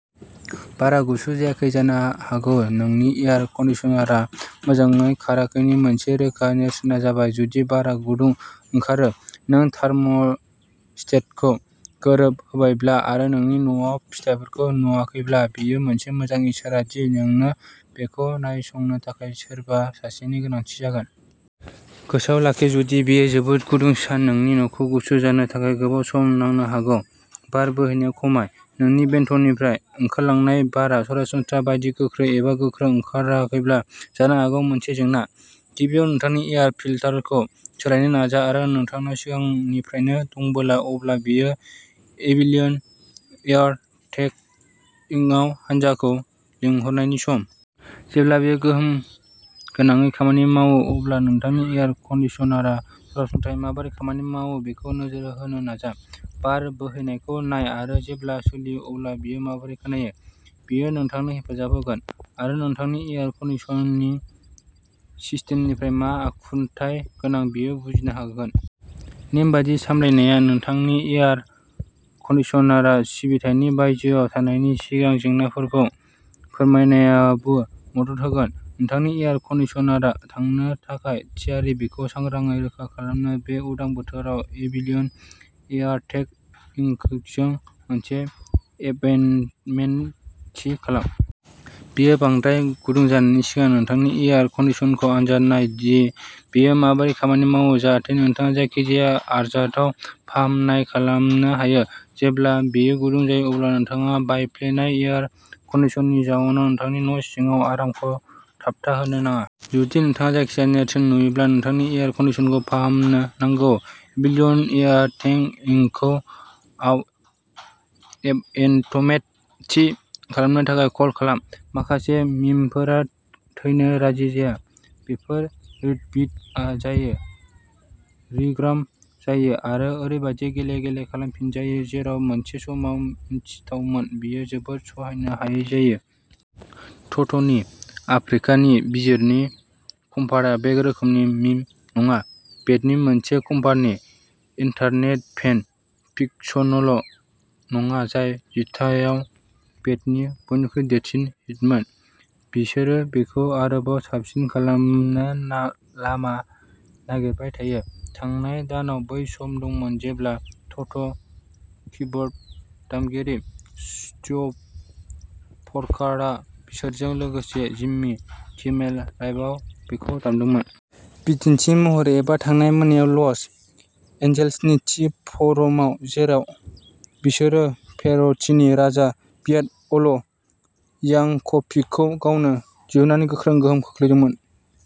बारआ गुसु जायाखै जानो हागौ नोंनि एयार कन्डिशनारआ मोजाङै खाराखैनि मोनसे रोखा नेरसोनआ जाबाय जुदि बारआ गुदुं ओंखारो। नों थार्म'स्टेटखौ गोरोबहोबायब्ला आरो नोंनि न'आव फिथायफोरखौ नुवाखैब्ला बेयो मोनसे मोजां इसारा दि नोंनो बेखौ नायसंनो थाखाय सोरबा सासेनि गोनांथि जागोन। गोसोआव लाखि जुदि बेयो जोबोद गुदुं सान नोंनि न'खौ गुसु जानो थाखाय गोबाव सम नांनो हागौ। बार बोहैनायाव खमाय। नोंनि भेन्टनिफ्राय ओंखारलांनाय बारआ सरासनस्रा बायदि गोख्रै एबा गोख्रों ओंखाराखैब्ला जानो हागौ मोनसे जेंना। गिबियाव नोंथांनि एयार फिल्टारखौ सोलायनो नाजा आरो नोंथांनाव सिगांनिफ्रायनो दंबोला अब्ला बेयो एबिलीन एयार टेक इंकआव हान्जाखौ लिंहरनायनि सम। जेब्ला बेयो गोहोम गोनाङै खामानि मावो अब्ला नोंथांनि एयार कंडिशनारआ सरासनस्रायै माबोरै खामानि मावो बेखौ नोजोर होनो नाजा। बार बोहैनायखौ नाय आरो जेब्ला सोलियो अब्ला बेयो माबोरै खोनायो। बेयो नोंथांनो हेफाजाब होगोन आरो नोंथांनि एयार कन्डिशनिं सिस्टेमनिफ्राय मा आखुथाय गोनां बेखौ बुजिनो हागोन। नेमबादि सामलायनाया नोंथांनि एयार कन्डिशनारआ सिबिथायनि बायजोआव थानायनि सिगां जेंनाफोरखौ फोरमायनायावबो मदद होगोन। नोंथांनि एयार कन्डिशनारआ थांनो थाखाय थियारि बेखौ सांग्रांयै रोखा खालामनो बे उदां बोथोराव एबिलीन एयार टेक इंकजों मोनसे एपइन्टमेन्ट थि खालाम। बेयो बांद्राय गुदुं जानायनि सिगां नोंथांनि एयार कन्डिशनारखौ आनजाद नाय दि बेयो माबोरै खामानि मावो जाहाथे नोंथाङा जायखिजाया आरजाथाव फाहामनाय खालामनो हायो। जेब्ला बेयो गुदुं जायो अब्ला नोंथाङा बायफ्लेनाय एयार कन्डिशनारनि जाउनाव नोंथांनि न' सिङाव आरामखौ थाबथाहोनो नाङा। जुदि नोंथाङा जायखिजाया नेरसोन नुयोब्ला नोंथांनि एयार कन्डिशनारखौ फाहामनो नांगौ एबिलीन एयार टेक इंकखौ आव एपइन्टमेन्ट थि खालामनो थाखाय कल खालाम। माखासे मीमफोरा थैनो राजि जाया। बेफोरो रिट्वीट जायो रिग्राम जायो आरो ओरैबायदि गले-गले खालामफिनजायो जेराव मोनसे समाव मिनिथावमोन बेयो जोबोद सहायनो हायै जायो। ट'ट'नि "आफ्रिका" नि वीजरनि कभारआ बे रोखोमनि मीम नङा। बेन्डनि मोनसे कभारनि इन्टारनेट फेन फिकशनल' नङा जाय जिथायाव बेन्डनि बयनिख्रुइ देरसिन हिटमोन बिसोरो बेखौ आरोबाव साबसिन खालामनो ना लामा नागिरबाय थायो। थांनाय दानाव बै सम दंमोन जेब्ला ट'ट'कीबोर्ड दामगिरि स्टीव प'रकार'आ बिसोरजों लोगोसे जिम्मी किमेल लाइभआव बेखौ दामदोंमोन। बिदिन्थि महरै एबा थांनाय मोनायाव लस एन्जेल्सनि दि फ'रामाव जेराव बिसोरो पेर'डीनि राजा "वियार्ड अल" यांक'भिकखौ गावनो दिहुननानै गोख्रों गोहोम खोख्लैदोंमोन।